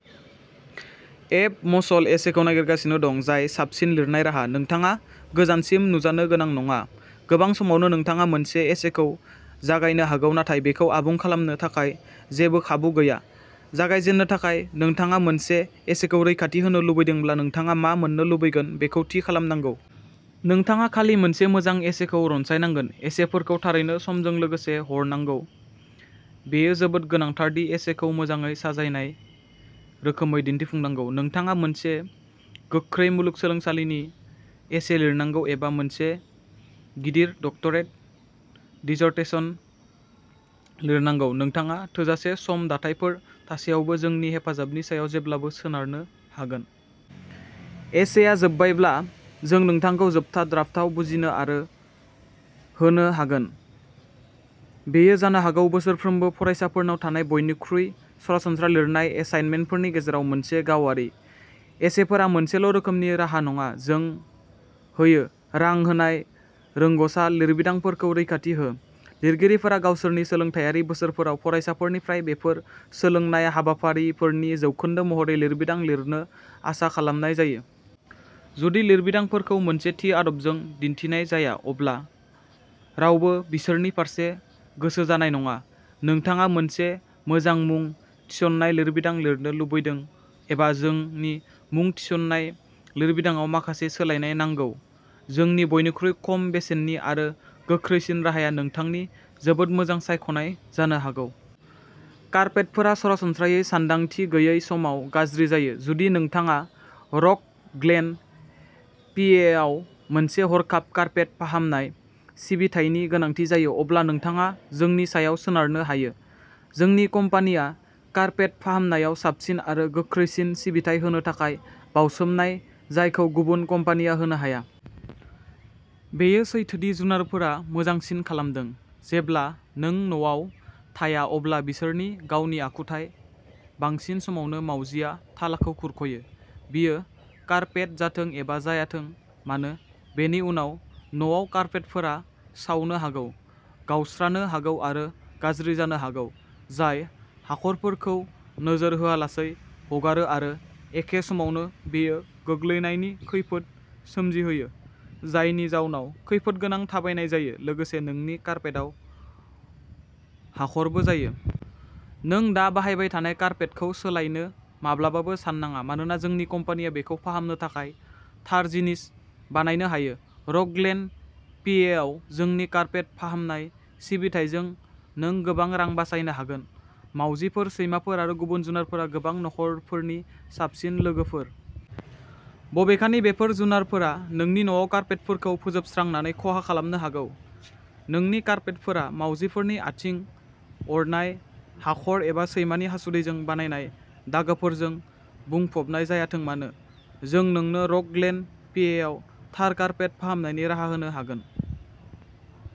एब मसल एसेखौ नागिरगासिनो दं, जाय साबसिन लिरनाय राहा, नोंथाङा गोजानसिम नुजानो गोनां नङा। गोबां समावनो नोंथाङा मोनसे एसेखौ जागायनो हागौ, नाथाय बेखौ आबुं खालामनो थाखाय जेबो खाबु गैया। जागायजेननो थाखाय, नोंथाङा मोनसे एसेखौ रैखाथि होनो लुबैदोंब्ला, नोंथाङा मा मोन्नो लुबैगोन बेखौ थि खालामनांगौ। नोंथाङा खालि मोनसे मोजां एसेखौ रनसायनांगोन। एसेफोरखौ थारैनो समजों लोगोसे हरनांगौ। बेयो जोबोद गोनांथार दि एसेखौ मोजाङै साजायनाय रोखोमै दिन्थिफुंनांगौ। नोंथाङा मोनसे गोख्रै मुलुगसोलोंसालिनि एसे लिरनांगौ एबा मोनसे गिदिर डक्टरेट डिसर्टेशन लिरनांगौ, नोंथाङा थोजासे सम दाथायफोर थासेयावबो जोंनि हेफाजाबनि सायाव जेब्लाबो सोनारनो हागोन। एसेआ जोबबायब्ला, जों नोंथांखौ जोबथा ड्राफ्टआव बुजिनो आरो होनो हागोन। बेयो जानो हागौ बोसोरफ्रोमबो फरायसाफोरनाव थानाय बयनिख्रुइ सरासनस्रा लिरनाय एसाइनमेन्टफोरनि गेजेराव मोनसे। गावारि एसेफोरा मोनसेल'रोखोमनि राहा नङा। जों होयो। रां होनाय रोंग'सा लिरबिदांफोरखौ रैखाथि हो, लिरगिरिफोरा गावसोरनि सोलोंथायारि बोसोरफोराव, फरायसाफोरनिफ्राय बेफोर सोलोंनाय हाबाफारिफोरनि जौखोन्दो महरै लिरबिदां लिरनो आसा खालामनाय जायो। जुदि लिरबिदांफोरखौ मोनसे थि आदबजों दिन्थिनाय जाया, अब्ला रावबो बिसोरनि फारसे गोसो जानाय नङा। नोंथाङा मोनसे मोजां मुं थिसननाय लिरबिदां लिरनो लुबैदों एबा जोंनि मुं थिसननाय लिरबिदांआव माखासे सोलायनाय नांगौ, जोंनि बयनिख्रुइ खम बेसेननि आरो गोख्रैसिन राहाया नोंथांनि जोबोद मोजां सायख'नाय जानो हागौ। कार्पेटफोरा सरासनस्रायै सानदांथि गैयै समाव गाज्रि जायो। जुदि नोंथाङा रक ग्लेन, पिएआव मोनसे हरखाब कार्पेट फाहामनाय सिबिथायनि गोनांथि जायो, अब्ला नोंथाङा जोंनि सायाव सोनारनो हायो। जोंनि कम्पानिया कार्पेट फाहामनायाव साबसिन आरो गोख्रैसिन सिबिथाइ होनो थाखाय बावसोमनाय जायखौ गुबुन कम्पानिया होनो हाया। बेयो सैथो दि जुनारफोरा मोजांसिन खालामदों। जेब्ला नों न'आव थाया अब्ला बिसोरनि गावनि आखुथाय। बांसिन समावनो, मावजिआ थालाखौ खुरख'यो, बियो कारपेट जाथों एबा जायाथों मानो। बेनि उनाव, न'आव कारपेटफोरा सावनो हागौ, गावस्रानो हागौ आरो गाज्रि जानो हागौ, जाय हाखरफोरखौ नोजोर होआलासै हगारो, आरो एखे समावनो बेयो गोग्लैनायनि खैफोद सोमजिहोयो, जायनि जाउनाव खैफोदगोनां थाबायनाय जायो, लोगोसे नोंनि कारपेटआव हाखरबो जायो। नों दा बाहायबाय थानाय कारपेटखौ सोलायनो माब्लाबाबो साननाङा मानोना जोंनि कम्पानिया बेखौ फाहामनो थाखाय थार जिनिस बानायनो हायो। रक ग्लेन, पिएआव जोंनि कारपेट फाहामनाय सिबिथाइजों नों गोबां रां बासायनो हागोन। मावजिफोर, सैमाफोर आरो गुबुन जुनारफोरा गोबां नखरफोरनि साबसिन लोगोफोर। बबेखानि बेफोर जुनारफोरा नोंनि न'आव कारपेटफोरखौ फोजोबस्रांनानै खहा खालामनो हागौ। नोंनि कारपेटफोरा मावजिफोरनि आथिं, अरनाय हाखर एबा सैमानि हासुदैजों बानायनाय दागोफोरजों बुंफबनाय जायाथों मानो, जों नोंनो रक ग्लेन, पिएआव थार कारपेट फाहामनायनि राहा होनो हागोन।